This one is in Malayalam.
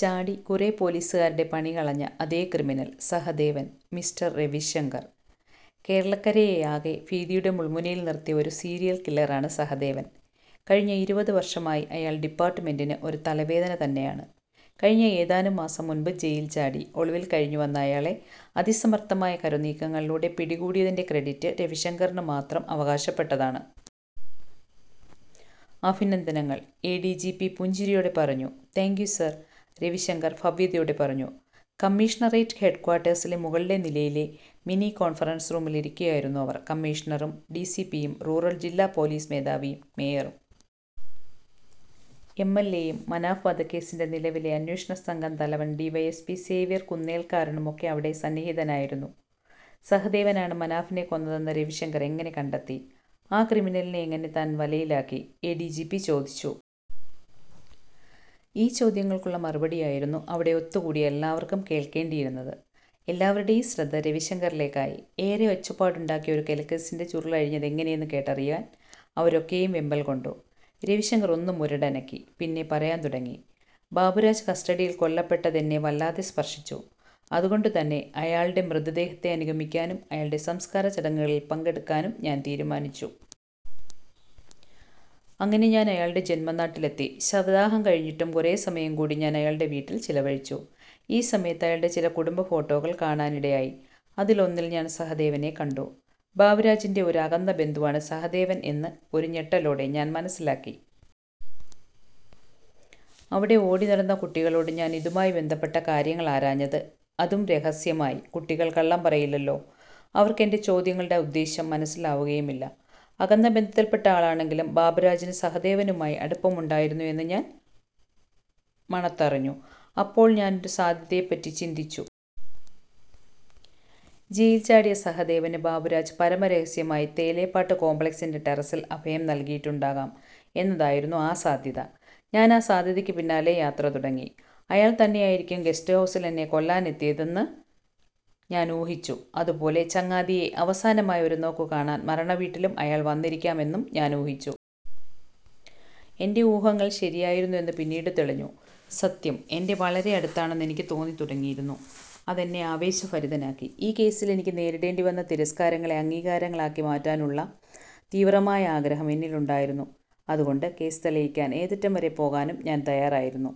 ചാടി കുറെ പൊലീസുകാരുടെ പണി കളഞ്ഞ അതേ ക്രിമിനൽ. സഹദേവൻ....! " "മിസ്റ്റർ രവിശങ്കർ, കേരളക്കരയെയാകെ ഭീതിയുടെ മുൾമുനയിൽ നിർത്തിയ ഒരു സീരിയൽ കില്ലറാണ് സഹദേവൻ. കഴിഞ്ഞ ഇരുപത് വർഷമായി അയാൾ ഡിപ്പാർട്മെന്റിന് ഒരു തലവേദന തന്നെയാണ്. കഴിഞ്ഞ ഏതാനും മാസം മുൻപ് ജയിൽ ചാടി ഒളിവിൽ കഴിഞ്ഞു വന്ന അയാളെ അതിസമർത്ഥമായ കരുനീക്കങ്ങളിലൂടെ പിടികൂടിയതിന്റെ ക്രെഡിറ്റ് രവിശങ്കറിന് മാത്രം അവകാശപ്പെട്ടതാണ്. അഭിനന്ദനങ്ങൾ! " എ. ഡി. ജി. പി പുഞ്ചിരിയോടെ പറഞ്ഞു. "താങ്ക്യൂ സർ... " രവിശങ്കർ ഭവ്യതയോടെ പറഞ്ഞു. കമ്മീഷണറേറ്റ് ഹെഡ് ക്വാർട്ടേഴ്സിലെ മുകളിലെ നിലയിലെ മിനി കോൺഫറൻസ് റൂമിൽ ഇരിക്കുകയായിരുന്നു അവർ. കമ്മീഷണറും, ഡി. സി. പിയും, റൂറൽ ജില്ലാ പോലീസ് മേധാവിയും, മേയറും. എം. എൽ. എയും, മനാഫ് വധക്കേസിന്റെ നിലവിലെ അന്വേഷണ സംഘം തലവൻ D. Y. S. P Xavier കുന്നേൽക്കാരനുമൊക്കെ അവിടെ സന്നിഹിതരായിരുന്നു. "സഹദേവനാണ് മനാഫിനെ കൊന്നതെന്ന് രവിശങ്കർ എങ്ങനെ കണ്ടെത്തി? ആ ക്രിമിനലിനെ എങ്ങനെ താൻ വലയിലാക്കി? " എ. ഡി. ജി. പി ചോദിച്ചു. ഈ ചോദ്യങ്ങൾക്കുള്ള മറുപടിയായിരുന്നു അവിടെ ഒത്തുകൂടിയ എല്ലാവർക്കും കേൾക്കേണ്ടിയിരുന്നത്. എല്ലാവരുടേയും ശ്രദ്ധ രവിശങ്കറിലേക്കായി. ഏറെ ഒച്ചപ്പാടുണ്ടാക്കിയ ഒരു കൊലക്കേസിന്റെ ചുരുളഴിഞ്ഞതെങ്ങനെയെന്ന് കേട്ടറിയാൻ അവരൊക്കെയും വെമ്പൽ കൊണ്ടു. രവിശങ്കർ ഒന്ന് മുരടനക്കി. പിന്നെ പറയാൻ തുടങ്ങി: "ബാബുരാജ് കസ്റ്റഡിയിൽ കൊല്ലപ്പെട്ടത് എന്നെ വല്ലാതെ സ്പർശിച്ചു. അതുകൊണ്ട് തന്നെ അയാളുടെ മൃതദേഹത്തെ അനുഗമിക്കാനും അയാളുടെ സംസ്ക്കാരച്ചടങ്ങുകളിൽ പങ്കെടുക്കാനും ഞാൻ തീരുമാനിച്ചു. അങ്ങനെ ഞാൻ അയാളുടെ ജന്മനാട്ടിലെത്തി. ശവദാഹം കഴിഞ്ഞിട്ടും കുറെ സമയം കൂടി ഞാൻ അയാളുടെ വീട്ടിൽ ചിലവഴിച്ചു. ഈ സമയത്ത് അയാളുടെ ചില കുടുംബ ഫോട്ടോകൾ കാണാനിടയായി. അതിലൊന്നിൽ ഞാൻ സഹദേവനെ കണ്ടു! ബാബുരാജിന്റെ ഒരു അകന്ന ബന്ധുവാണ് സഹദേവൻ എന്ന് ഒരു ഞെട്ടലോടെ ഞാൻ മനസ്സിലാക്കി. അവിടെ ഓടി നടന്ന കുട്ടികളോട് ഞാൻ ഇതുമായി ബന്ധപ്പെട്ട കാര്യങ്ങൾ ആരാഞ്ഞത്. അതും രഹസ്യമായി. കുട്ടികൾ കള്ളം പറയില്ലല്ലോ. അവർക്ക് എന്റെ ചോദ്യങ്ങളുടെ ഉദ്ദേശ്യം മനസ്സിലാവുകയുമില്ല. അകന്ന ബന്ധത്തിൽപ്പെട്ട ആളാണെങ്കിലും ബാബുരാജിന് സഹദേവനുമായി അടുപ്പമുണ്ടായിരുന്നു എന്ന് ഞാൻ മണത്തറിഞ്ഞു. അപ്പോൾ ഞാൻ ഒരു സാധ്യതയെപ്പറ്റി ചിന്തിച്ചു. ജയിൽ ചാടിയ സഹദേവന് ബാബുരാജ് പരമരഹസ്യമായി 'തേലേപ്പാട്ട് കോംപ്ലക്സി'ന്റെ ടെറസിൽ അഭയം നൽകിയിട്ടുണ്ടാകാം എന്നതായിരുന്നു ആ സാധ്യത. ഞാൻ ആ സാധ്യതക്ക് പിന്നാലെ യാത്ര തുടങ്ങി. അയാൾ തന്നെയായിരിക്കും ഗസ്റ്റ് ഹൌസിൽ എന്നെ കൊല്ലാൻ എത്തിയതെന്ന് ഞാൻ ഊഹിച്ചു. അതുപോലെ ചങ്ങാതിയെ അവസാനമായി ഒരു നോക്ക് കാണാൻ മരണവീട്ടിലും അയാൾ വന്നിരിക്കാം എന്നും ഞാൻ ഊഹിച്ചു. എന്റെ ഊഹങ്ങൾ ശരിയായിരുന്നു എന്ന് പിന്നീട് തെളിഞ്ഞു. സത്യം എന്റെ വളരെ അടുത്താണെന്ന് എനിക്ക് തോന്നിത്തുടങ്ങിയിരുന്നു. അതെന്നെ ആവേശഭരിതനാക്കി. ഈ കേസിൽ എനിക്ക് നേരിടേണ്ടി വന്ന തിരസ്ക്കാരങ്ങളെ അംഗീകാരങ്ങളാക്കി മാറ്റാനുള്ള തീവ്രമായ ആഗ്രഹം എന്നിലുണ്ടായിരുന്നു. അതുകൊണ്ട് കേസ് തെളിയിക്കാൻ ഏതറ്റം വരെ പോകാനും ഞാൻ തയ്യാറായിരുന്നു.